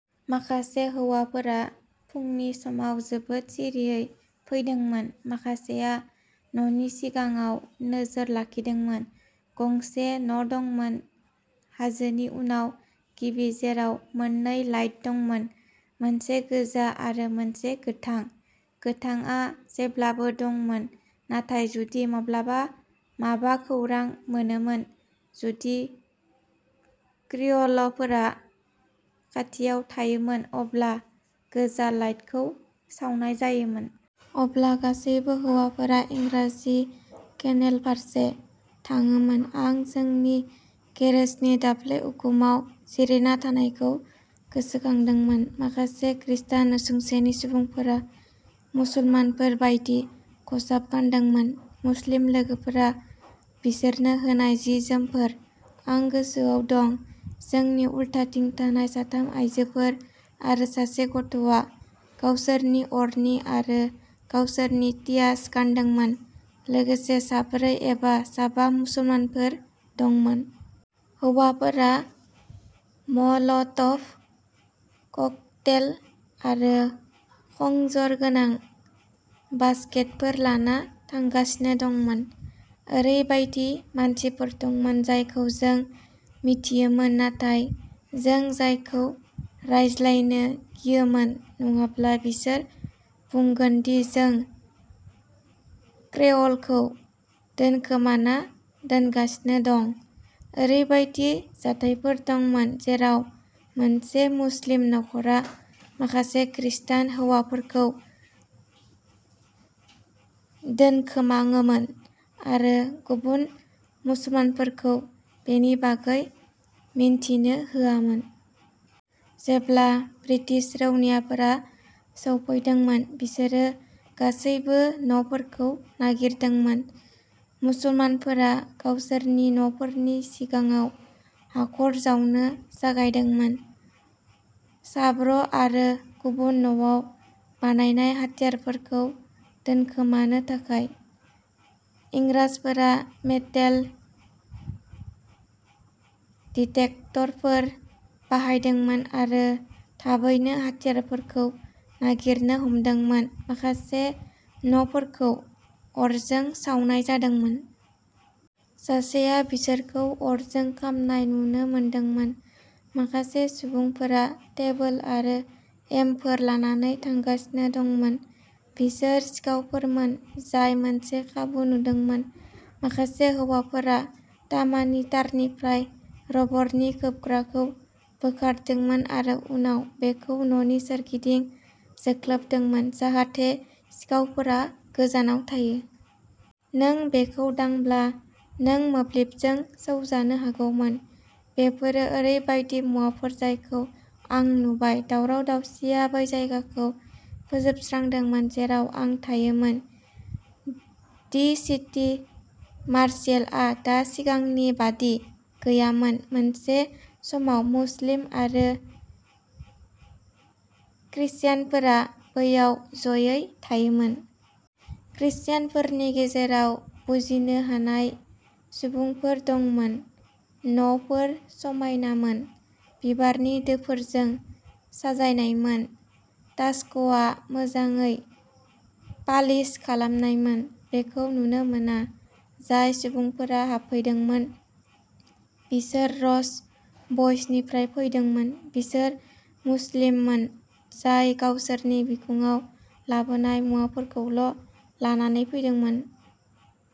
माखासे हौवाफोरा फुंनि समाव जोबोद सिरियै फैदोंमोन। माखासेया न'नि सिगाङाव नोजोर लाखिदोंमोन। गंसे न'दंमोन, हाजोनि उनाव गिबि, जेराव मोननै लाइट दंमोन, मोनसे गोजा आरो मोनसे गोथां। गोथांआ जेब्लाबो दंमोन, नाथाय जुदि माब्लाबा माबा खौरां मोनोमोन, जुदि क्रिय'लफोरा खाथियाव थायोमोन, अब्ला गोजा लाइटखौ सावनाय जायोमोन। अब्ला गासैबो हौवाफोरा'इंराजि केनेल'फारसे थाङोमोन। आं जोंनि गेरेजनि दाब्ले उखुमाव जिरायना थानायखौ गोसोखांदोंमोन। माखासे खृस्टान नसुंसेनि सुबुंफोरा मुसलमानफोर बायदि खसाब गानदोंमोन, मुस्लिम लोगोफोरा बिसोरनो होनाय जि-जोमफोर। आं गोसोआव दं, जोंनि उल्थाथिं थानाय साथाम आयजोफोर आरो सासे गथ'आ गावसोरनि'अरनी'आरो गावसोरनि'टियास'गानदोंमोन, लोगोसे साब्रै एबा साबा मुसलमानफोर दंमोन। हौवाफोरा म'ल'ट'भ ककटेल आरो खंजर गोनां बासकेटफोर लाना थांगासिनो दंमोन। ओरैबायदि मानसिफोर दंमोन जायखौ जों मिथियोमोन, नाथाय जों जायजों रायज्लायनो गियोमोन नङाब्ला बिसोर बुंगोन दि जों क्रेअ'लखौ दोनखोमाना दोनगासिनो दं। ओरैबायदि जाथायफोर दंमोन जेराव मोनसे मुस्लिम नख'रा माखासे खृस्टान हौवाफोरखौ दोनखोमाङोमोन, आरो गुबुन मुसलमानफोरखौ बेनि बागै मिन्थिनो होआमोन। जेब्ला ब्रिटिश रौनियाफोरा सौफैदोंमोन, बिसोरो गासैबो न'फोरखौ नागिरदोंमोन। मुसलमानफोरा गावसोरनि न'फोरनि सिगाङाव हाखर जावनो जागायदोंमोन साब्र आरो गुबुन न'आव बानायनाय हाथियारफोरखौ दोनखोमानो थाखाय। इंराजफोरा मेटेल डिटेक्टरफोर बाहायदोंमोन आरो थाबैनो हाथियारफोरखौ नागिरनो हादोंमोन। माखासे न'फोरखौ अरजों सावनाय जादोंमोन। सासेआ बिसोरखौ अरजों खामनाय नुनो मोनदोंमोन। माखासे सुबुंफोरा टेबोल आरो एमफोर लानानै थांगासिनो दंमोन। बिसोर सिखावफोरमोन जाय मोनसे खाबु नुदोंमोन। माखासे हौवाफोरा तामानि तारनिफ्राय रबरनि खोबग्राखौ बोखारदोंमोन आरो उनाव बेखौ न'नि सोरगिदिं जोख्लोबदोंमोन जाहाथे सिखावफोरा गोजानाव थायो। नों बेखौ दांब्ला, नों मोब्लिबजों सौजानो हागौमोन। बेफोरो ओरैबायदि मुवाफोर जायखौ आं नुबाय। दावराव-दावसिया बै जायगाखौ फोजोबस्रांदोंमोन जेराव आं थायोमोन। दि सिटि मार्शियेलआ दा सिगांनि बादि गैयामोन। मोनसे समाव मुस्लिम आरो क्रिश्चियानफोरा बैयाव जयै थायोमोन। क्रिश्चियानफोरनि गेजेराव'बुजिनो हानाय'सुबुंफोर दंमोन। न'फोरा समायनामोन, बिबारनि दोफोरजों साजायजानायमोन। स्टाक'आ मोजाङै पालिश खालामनायमोन। बेखौ नुनो मोना। जाय सुबुंफोरा हाबफैदोंमोन बिसोर र'च बइसनिफ्राय फैदोंमोन; बिसोर मुस्लिममोन जाय गावसोरनि बिखुङाव लाबोनाय मुवाफोरखौल'लानानै फैदोंमोन।